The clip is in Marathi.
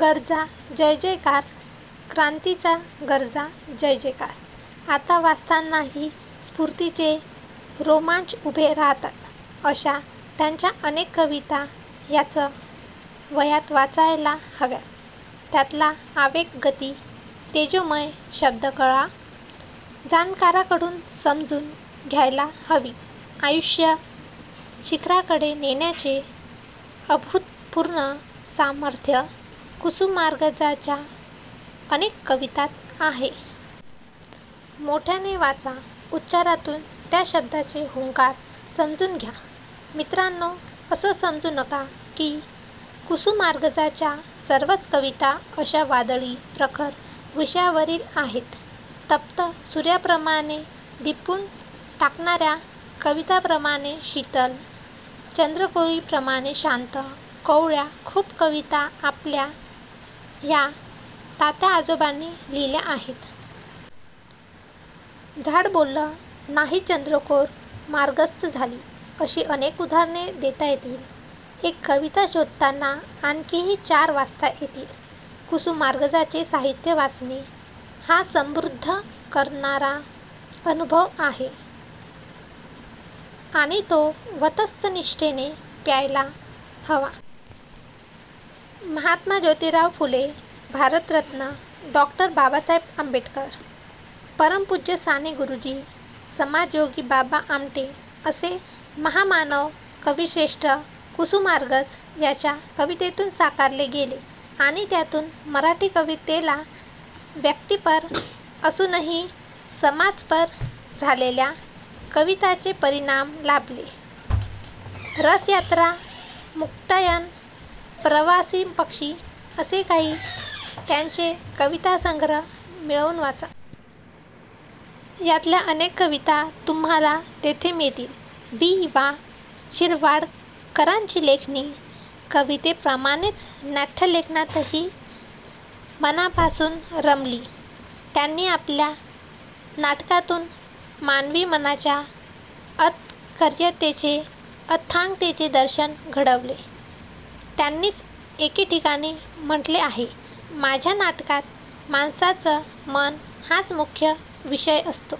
गर्जा जयजयकार क्रांतीचा गर्जा जयजयकार! ' आता वाचतानाही स्फूर्तीचे रोमांच उभे राहतात, अशा त्यांच्या अनेक कविता याच वयात वाचायला हव्यात. त्यातला आवेग, गती, तेजोमय शब्दकळा जाणकारांकडून समजून घ्यायला हवी. आयुष्य शिखराकडे नेण्याचे अभूतपूर्व सामर्थ्य कुसुमाग्रजांच्या अनेक कवितांत आहे. मोठ्याने वाचा. उच्चारातून त्या शब्दांचे हुंकार समजून घ्या! मित्रांनो, असं समजू नका, की कुसुमाग्रजांच्या सर्वच कविता अशा वादळी, प्रखर विषयावरील आहेत. तप्त सूर्याप्रमाणे दिपवून टाकणा-या कवितांप्रमाणे शीतल चंद्रकोरीप्रमाणे शांत-कोवळ्या खूप कविता आपल्या ह्या तात्याआजोबांनी लिहिल्या आहेत. झाड बोललं नाही चंद्रकोर मार्गस्थ झाली... ' अशी अनेक उदाहरणे देता येतील. एक कविता शोधताना आणखीही चार वाचता येतील. कुसुमाग्रजांचे साहित्य वाचणे हा समृद्ध करणारा अनुभव आहे आणि तो व्रतस्थ निष्ठेने प्यायला हवा. महात्मा ज्योतीराव फुले, भारतरत्न डॉ. बाबासाहेब आंबेडकर, परमपूज्य साने गुरुजी, समाजयोगी बाबा आमटे असे महामानव कविश्रेष्ठ कुसुमाग्रज यांच्या कवितेतून साकारले गेले; आणि त्यातून मराठी कवितेला व्यक्तिपर असूनही समाजपर झालेल्या कवितांचे परिमाण लाभले. 'रसयात्रा' 'मुक्तायन', 'प्रवासी पक्षी' असे काही त्यांचे कवितासंग्रह मिळवून वाचा. यातल्या अनेक कविता तुम्हांला तेथे मिळतील. वि. वा. शिरवाडकरांची लेखणी कवितेप्रमाणेच नाट्यलेखनातही मनापासून रमली. त्यांनी आपल्या नाटकांतून मानवी मनाच्या अतर्क्यतेचे, अथांगतेचे दर्शन घडवले. त्यांनीच एके ठिकाणी म्हटले आहे 'माझ्या नाटकात माणसाचं मन हाच मुख्य विषय असतो.